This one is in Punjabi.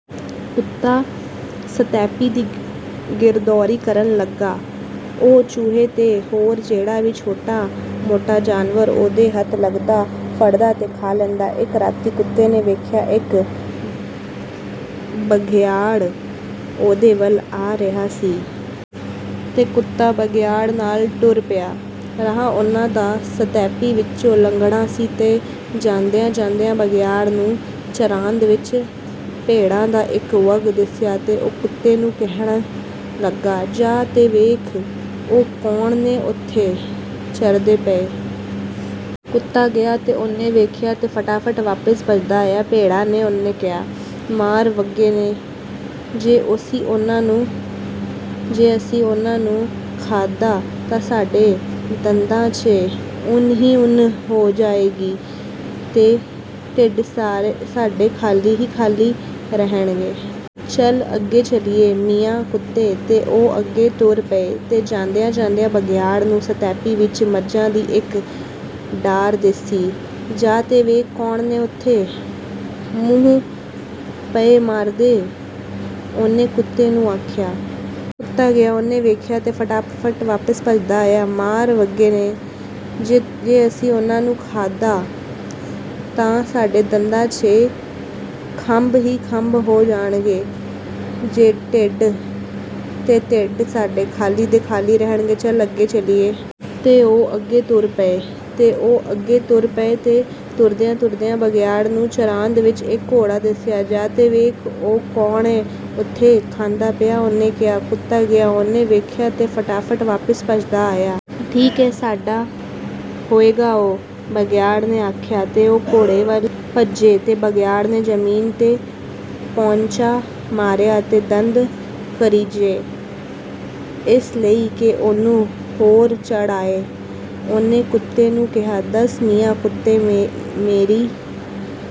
ਕੁੱਤਾ ਸਤੈਪੀ ਦੀ ਗਿਰਦੌਰੀ ਕਰਨ ਲੱਗਾ। ਉਹ ਚੂਹੇ ਤੇ ਹੋਰ ਜਿਹੜਾ ਵੀ ਛੋਟਾ-ਮੋਟਾ ਜਾਨਵਰ ਉਹਦੇ ਹੱਥ ਲੱਗਦਾ, ਫੜਦਾ ਤੇ ਖਾ ਲੈਂਦਾ। ਇੱਕ ਰਾਤੀਂ ਕੁੱਤੇ ਨੇ ਵੇਖਿਆ, ਇੱਕ ਬਘਿਆੜ ਉਹਦੇ ਵੱਲ ਆ ਰਿਹਾ ਸੀ। ਤੇ ਕੁੱਤਾ ਬਘਿਆੜ ਨਾਲ ਟੁਰ ਪਿਆ। ਰਾਹ ਉਹਨਾਂ ਦਾ ਸਤੈਪੀ ਵਿਚੋਂ ਲੰਘਦਾ ਸੀ ਤੇ ਜਾਂਦਿਆਂ-ਜਾਂਦਿਆਂ ਬਘਿਆੜ ਨੂੰ ਚਰਾਂਦ ਵਿੱਚ ਭੇਡਾਂ ਦਾ ਇੱਕ ਵੱਗ ਦਿਸਿਆ ਤੇ ਉਹ ਕੁੱਤੇ ਨੂੰ ਕਹਿਣ ਲੱਗਾ, “ਜਾ ਤੇ ਵੇਖ, ਉਹ ਕੌਣ ਨੇ ਓਥੇ, ਚਰਦੇ ਪਏ।” ਕੁੱਤਾ ਗਿਆ ਤੇ ਉਹਨੇ ਵੇਖਿਆ ਤੇ ਫਟਾਫਟ ਵਾਪਸ ਭੱਜਦਾ ਆਇਆ। "ਭੇਡਾਂ ਨੇ,” ਉਹਨੇ ਕਿਹਾ। “ਮਾਰ ਵੱਗੇ ਨੇ! ਜੇ ਅਸੀਂ ਉਹਨਾਂ ਨੂੰ ਖਾਧਾ, ਤਾਂ ਸਾਡੇ ਦੰਦਾਂ ’ਚ ਉੱਨ ਈ ਉੱਨ ਹੋ ਜਾਏਗੀ, ਤੇ ਢਿੱਡ ਸਾਡੇ ਖਾਲੀ ਦੇ ਖਾਲੀ ਰਹਿਣਗੇ। ਚਲ ਅੱਗੇ ਚਲੀਏ, ਮੀਆਂ ਕੁੱਤੇ!"ਤੇ ਉਹ ਅੱਗੇ ਟੁਰ ਪਏ, ਤੇ ਜਾਂਦਿਆਂ-ਜਾਂਦਿਆਂ ਬਘਿਆੜ ਨੂੰ ਸਤੈਪੀ ਵਿਚ ਮੱਝਾਂ ਦੀ ਇੱਕ ਡਾਰ ਦਿੱਸੀ। "ਜਾ ਤੇ ਵੇਖ, ਕੌਣ ਨੇ ਓਥੇ, ਮੂੰਹ ਪਏ ਮਾਰਦੇ,” ਉਹਨੇ ਕੁੱਤੇ ਨੂੰ ਆਖਿਆ। ਕੁੱਤਾ ਗਿਆ, ਉਹਨੇ ਵੇਖਿਆ ਤੇ ਫਟਾਫਟ ਵਾਪਸ ਭੱਜਦਾ ਆਇਆ।"ਮਾਰ ਵੱਗੇ ਨੇ! ਜੇ ਅਸੀਂ ਉਹਨਾਂ ਨੂੰ ਖਾਧਾ, ਤਾਂ ਸਾਡੇ ਦੰਦਾਂ ’ਚ ਖੰਭ ਈ ਖੰਭ ਹੋ ਜਾਣਗੇ, ਤੇ ਢਿੱਡ ਸਾਡੇ ਖਾਲੀ ਦੇ ਖਾਲੀ ਰਹਿਣਗੇ। ਚਲ ਅੱਗੇ ਚਲੀਏ!" ਤੇ ਉਹ ਅਗੇ ਟੁਰ ਪਏ, ਤੇ ਉਹ ਅੱਗੇ ਟੁਰ ਪਏ, ਤੇ ਟੁਰਦਿਆਂ-ਟੁਰਦਿਆਂ ਬਘਿਆੜ ਨੂੰ ਚਰਾਂਦ ਵਿੱਚ ਇੱਕ ਘੋੜਾ ਦਿਸਿਆ। “ਜਾ ਤੇ ਵੇਖ, ਉਹ ਕੌਣ ਏ ਓਥੇ, ਖਾਂਦਾ ਪਿਆ,” ਉਹਨੇ ਕਿਹਾ। ਕੁੱਤਾ ਗਿਆ, ਉਹਨੇ ਵੇਖਿਆ ਤੇ ਫਟਾਫਟ ਵਾਪਸ ਭਜਦਾ ਆਇਆ। “ਠੀਕ ਏ, ਸਾਡਾ ਹੋਏਗਾ ਉਹ!” ਬਘਿਆੜ ਨੇ ਆਖਿਆ। ਤੇ ਉਹ ਘੋੜੇ ਵੱਲ ਭੱਜੇ, ਤੇ ਬਘਿਆੜ ਨੇ ਜ਼ਮੀਨ ’ਤੇ ਪੌਂਚਾ ਮਾਰਿਆ ਤੇ ਦੰਦ ਕਰੀਚੇ, ਇਸ ਲਈ ਕਿ ਉਹਨੂੰ ਰੋਹ ਚੜ੍ਹ ਆਏ। ਉਹਨੇ ਕੁੱਤੇ ਨੂੰ ਕਿਹਾ, "ਦੱਸ, ਮੀਆਂ ਕੁੱਤੇ, ਮੇਰੀ